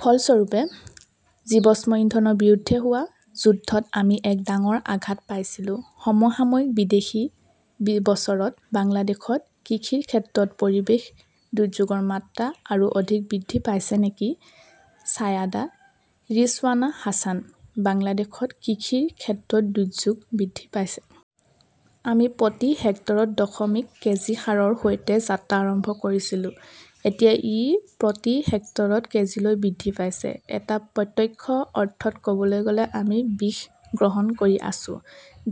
ফলস্বৰূপে জীৱাশ্ম ইন্ধনৰ বিৰুদ্ধে হোৱা যুদ্ধত আমি এক ডাঙৰ আঘাত পাইছিলো। সমসাময়িকঃ বিদায়ী বছৰত বাংলাদেশত কৃষিৰ ক্ষেত্ৰত পৰিৱেশ দুৰ্যোগৰ মাত্ৰা আৰু অধিক বৃদ্ধি পাইছে নেকি ছায়েদা ৰিজৱানা হাছানঃ বাংলাদেশত কৃষিৰ ক্ষেত্ৰত দুৰ্যোগ বৃদ্ধি পাইছে। আমি প্ৰতি হেক্টৰত দশমিক কেজি সাৰৰ সৈতে যাত্ৰা আৰম্ভ কৰিছিলো। এতিয়া ই প্ৰতি হেক্টৰত কেজিলৈ বৃদ্ধি পাইছে। এটা প্ৰত্যক্ষ অৰ্থত ক’বলৈ গ’লে-আমি বিষ গ্ৰহণ কৰি আছো।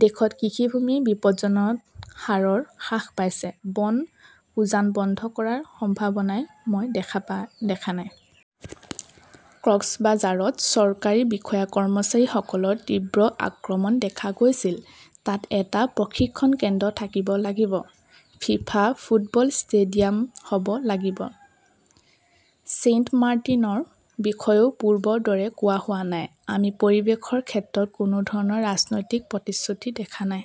দেশত কৃষিভূমি বিপদজনক হাৰত হ্ৰাস পাইছে। বন উজাৰ বন্ধ কৰাৰ সম্ভাৱনা মই দেখা নাই। কক্সবাঝাৰত চৰকাৰী বিষয়া-কৰ্মচাৰীসকলৰ তীব্ৰ আক্ৰমণ দেখা গৈছিল। তাত এটা প্ৰশিক্ষণ কেন্দ্ৰ থাকিব লাগিব। ফিফা ফুটবল ষ্টেডিয়াম হ 'ব লাগিব। ছেইণ্টমাৰ্টিনৰ বিষয়েও পূৰ্বৰ দৰে কোৱা হোৱা নাই। আমি পৰিৱেশৰ ক্ষেত্ৰত কোনো ধৰণৰ ৰাজনৈতিক প্ৰতিশ্ৰুতি দেখা নাই।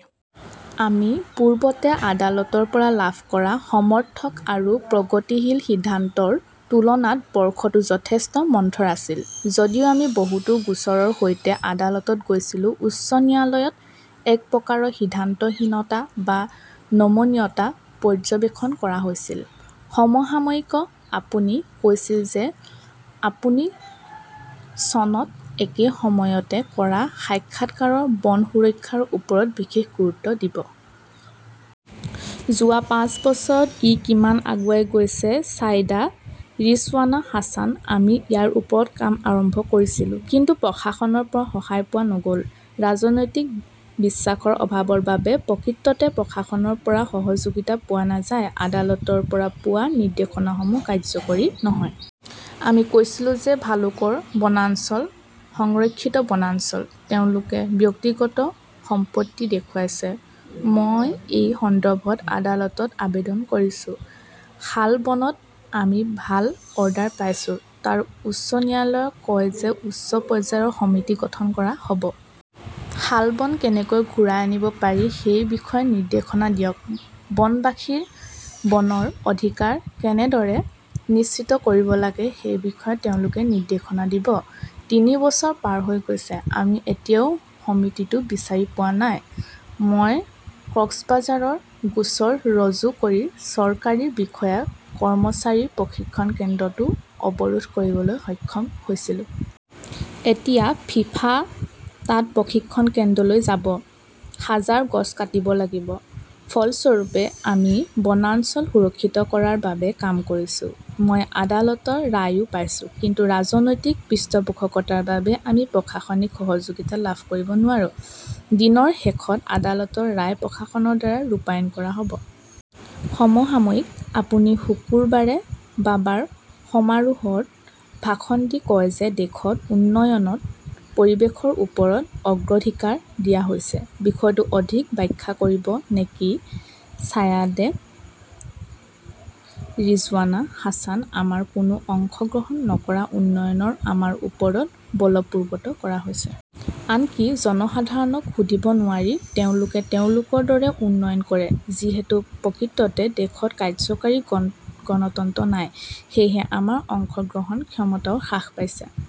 আমি পূৰ্বতে আদালতৰ পৰা লাভ কৰা সমৰ্থক আৰু প্ৰগতিশীল সিদ্ধান্তৰ তুলনাত বৰ্ষটো যথেষ্ট মন্থৰ আছিল। যদিও আমি বহুতো গোচৰৰ সৈতে আদালতত গৈছিলো। উচ্চ ন্যায়ালয়তো এক প্ৰকাৰৰ সিদ্ধান্তহীনতা বা নমনীয়তা পৰ্যবেক্ষণ কৰা হৈছিল। সমসাময়িকঃ আপুনি কৈছিল যে আপুনি চনত একে সময়তে কৰা সাক্ষাৎকাৰত বন সুৰক্ষাৰ ওপৰত বিশেষ গুৰুত্ব দিব। যোৱা পাঁচ বছৰত ই কিমান আগুৱাই গৈছে ছায়েদা ৰিজৱানা হাছানঃ আমি ইয়াৰ ওপৰত কাম আৰম্ভ কৰিছিলো। কিন্তু প্ৰশাসনৰ পৰা সহায় পোৱা নগ’ল। ৰাজনৈতিক বিশ্বাসৰ অভাৱৰ বাবে প্ৰকৃততে প্ৰশাসনৰ পৰা সহযোগিতা পোৱা নাযায়। আদালতৰ পৰা পোৱা নিৰ্দেশনাসমূহ কাৰ্যকৰী নহয়। আমি কৈছিলো যে ভালুকৰ বনাঞ্চল সংৰক্ষিত বনাঞ্চল, তেওঁলোকে ব্যক্তিগত সম্পত্তি দেখুৱাইছে। মই এই সন্দৰ্ভত আদালতত আবেদন কৰিছো। শালবনত আমি ভাল অৰ্ডাৰ পাইছো। তাত উচ্চ ন্যায়ালয়ে কয় যে উচ্চ পৰ্যায়ৰ সমিতি গঠন কৰা হ’ব। শালবন কেনেকৈ ঘূৰাই আনিব পাৰি সেই বিষয়ে নিৰ্দেশনা দিয়ক। বনবাসীৰ বনৰ অধিকাৰ কেনেদৰে নিশ্চিত কৰিব লাগে সেই বিষয়ে তেওঁলোকে নিৰ্দেশনা দিব। তিনি বছৰ পাৰ হৈ গৈছে, আমি এতিয়াও সমিতিটো বিচাৰি পোৱা নাই! মই কক্সবাঝাৰত গোচৰ ৰুজু কৰি চৰকাৰী বিষয়া-কৰ্মচাৰীৰ প্ৰশিক্ষণ কেন্দ্ৰটো অৱৰোধ কৰিবলৈ সক্ষম হৈছিলো। এতিয়া ফিফা তাত প্ৰশিক্ষণ কেন্দ্ৰলৈ যাব। হাজাৰ গছ কাটিব লাগিব। ফলস্বৰূপে, আমি বনাঞ্চল সুৰক্ষিত কৰাৰ বাবে কাম কৰিছো। মই আদালতৰ ৰায়ও পাইছো। কিন্তু ৰাজনৈতিক পৃষ্ঠপোষকতাৰ বাবে আমি প্ৰশাসনিক সহযোগিতা লাভ কৰিব নোৱাৰো। দিনৰ শেষত আদালতৰ ৰায় প্ৰশাসনৰ দ্বাৰা ৰূপায়ণ কৰা হ 'ব। সমসাময়িকঃ আপুনি শুকুৰবাৰে বাবাৰ সমাৰোহত ভাষণ দি কয় যে দেশত উন্নয়নক পৰিৱেশৰ ওপৰত অগ্ৰাধিকাৰ দিয়া হৈছে। বিষয়টো অধিক ব্যাখ্যা কৰিব নেকি ছায়েদা ৰিজৱানা হাছান আমাৰ কোনো অংশগ্ৰহণ নথকা উন্নয়নবোৰ আমাৰ ওপৰত বলপূৰ্বক কৰা হৈছে। আনকি জনসাধাৰণক সুধিব নোৱাৰি, তেওঁলোকে তেওঁলোকৰ দৰে উন্নয়ন কৰে। যিহেতু প্ৰকৃততে দেশত কাৰ্যকৰী গণতন্ত্ৰ নাই, সেয়েহে আমাৰ অংশগ্ৰহণ ক্ষমতাও হ্ৰাস পাইছে।